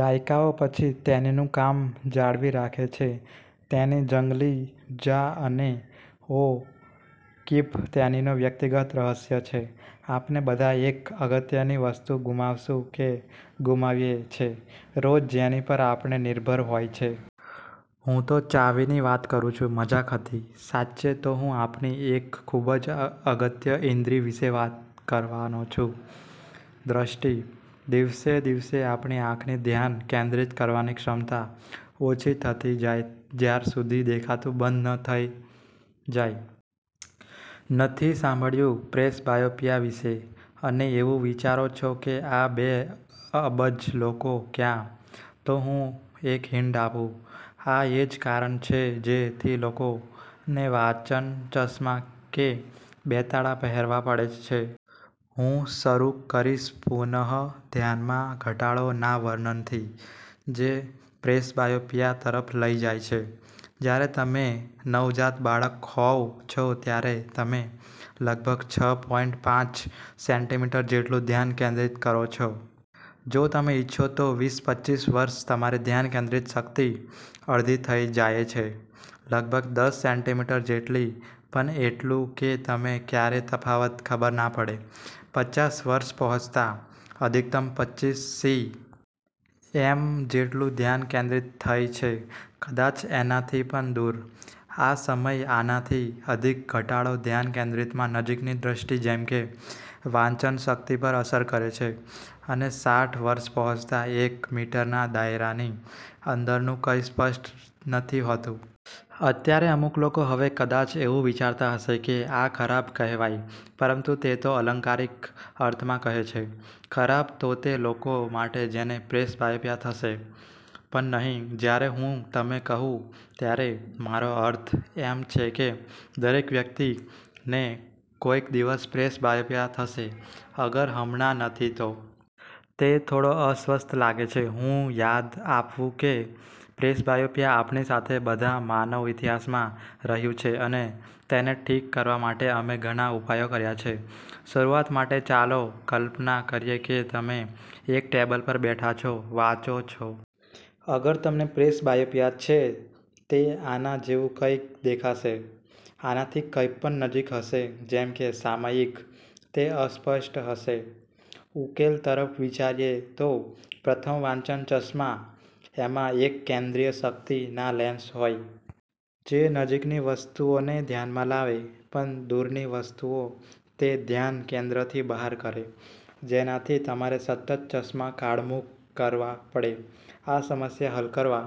દાયકાઓ પછી, તેણીનું કામ જાળવી રાખે છે તેની જંગલી —ર્જા અને ઓ'કિફ તેણીનો વ્યક્તિગત રહસ્ય છે. આપણે બધા એક અગત્ય ની વસ્તુ ગુમાવશું કે ઘૂમાવેયે છે રોજ જેની પર આપણે નિર્ભર હોય છે. હું તો ચાવી ની વાત કરું છું. મજાક હતી. સાચ્ચે તો હું આપણી એક ખુબજ અ અગત્ય ઈન્દ્રી વિશે વાત કરવા નો છું: દ્રષ્ટિ. દિવસે દિવસે આપણી આંખની ધ્યાન કેન્દ્રીત કરવાની ક્ષમતા ઓછી થતી જાય જ્યાર સુધી દેખાતું બંધ ન થઈ જાય. નથી સાંભળ્યું પ્રેસબાયોપીયા વિષે, અને એવું વિચારોછો કે, આ બે અબજ લોકો ક્યાં? " તો હું એક હિન્ટ આપું, આ એજ કારણ છે જે થી લોકો ને વાંચન ચશ્માં કે બેતાળાં પહેરવા પડે છે. હું શરું કરીશ પુનઃ ધ્યાન માં ઘટાડો ના વર્ણન થી, જે પ્રેસબાયોપીયા તરફ લઇ જાય છે. જયારે તમે નવ જાત બાળક હોવ છો ત્યારે તમે લગભગ છ પોઈન્ટ પાંચ સેન્ટીમીટર જેટલું ધ્યાન કેન્દ્રિત કરો છો। જો તમે ઈચ્છો તો. વિસ-પચીસ વર્ષે તમારી ધ્યાન કેન્દ્રિત શક્તિ અડધી થઇ જાયે છે. લગભગ દસ સેન્ટીમીટર જેટલી, પણ એટલું કે તમે ક્યારે તફાવત ખબર ના પડે। પચાસ વર્ષે પહોંચતા, અધિકતમ પચીસ સી। એમ. જેટલું ધ્યાન કેન્દ્રિત થઇ છે, કદાચ એના થી પણ દૂર. આ સમય આના થી અધિક ઘટાડો ધ્યાન કેન્દ્રિતમાં નજીકની દ્રષ્ટિ જેમકે વાંચન શક્તિ પર અસર કરે છે, અને સાઠ વર્ષે પહોંચતા, એક મીટરના દાયરા ની અંદર નુ કંઈ સ્પષ્ટ નથી હોતું. અત્યારે અમુક લોકો હવે કદાચ એવું વિચારતા હશે કે આ ખરાબ કહેવાય પરંતુ તે તો અલંકારિક અર્થમાં કહે છે, ખરાબ તો તે લોકો માટે જેને પ્રેસબાયોપીયા થશે. પણ નહિ, જયારે હું તમે કહું, ત્યારે મારો અર્થ એમ છે કે દરેક વ્યક્તિ ને કોઈક દિવસ પ્રેસબાયોપીયા થશે અગર હમણાં નથી તો. તે થોડો અસ્વસ્થ લાગે છે. હું યાદ આપવું કે પ્રેસબાયોપીયા આપણી સાથે બધા માનવ ઇતિહાસ માં રહ્યુ છે, અને તેને ઠીક કરવા માટે અમે ઘણા ઉપાયો કર્યા છે. શરુવાત માટે, ચાલો કલ્પના કરીએ કે તમે એક ટેબલ પર બેઠા છો, વાંચો છો. અગર તમને પ્રેસબાયોપીયા છે, તે આના જેવું કંઈક દેખાશે. આનાથી કઈ પણ નજીક હશે, જેમ કે સામાયિક, તે અસ્પષ્ટ હશે। ઉકેલ તરફ વિચારીએ તો. પ્રથમ, વાંચન ચશ્મા। એમાં એક કેન્દ્રીય શક્તિ ના લેન્સ હોય. જે નજીક ની વસ્તુઓ ને ધ્યાન માં લાવે. પણ દૂર ની વસ્તુઓ તે ધ્યાન કેન્દ્ર થી બહાર કરે, જેના થી તમારે સતત ચશ્માં કાઢ મૂક કરવા પડે. આ સમસ્યા હલ કરવા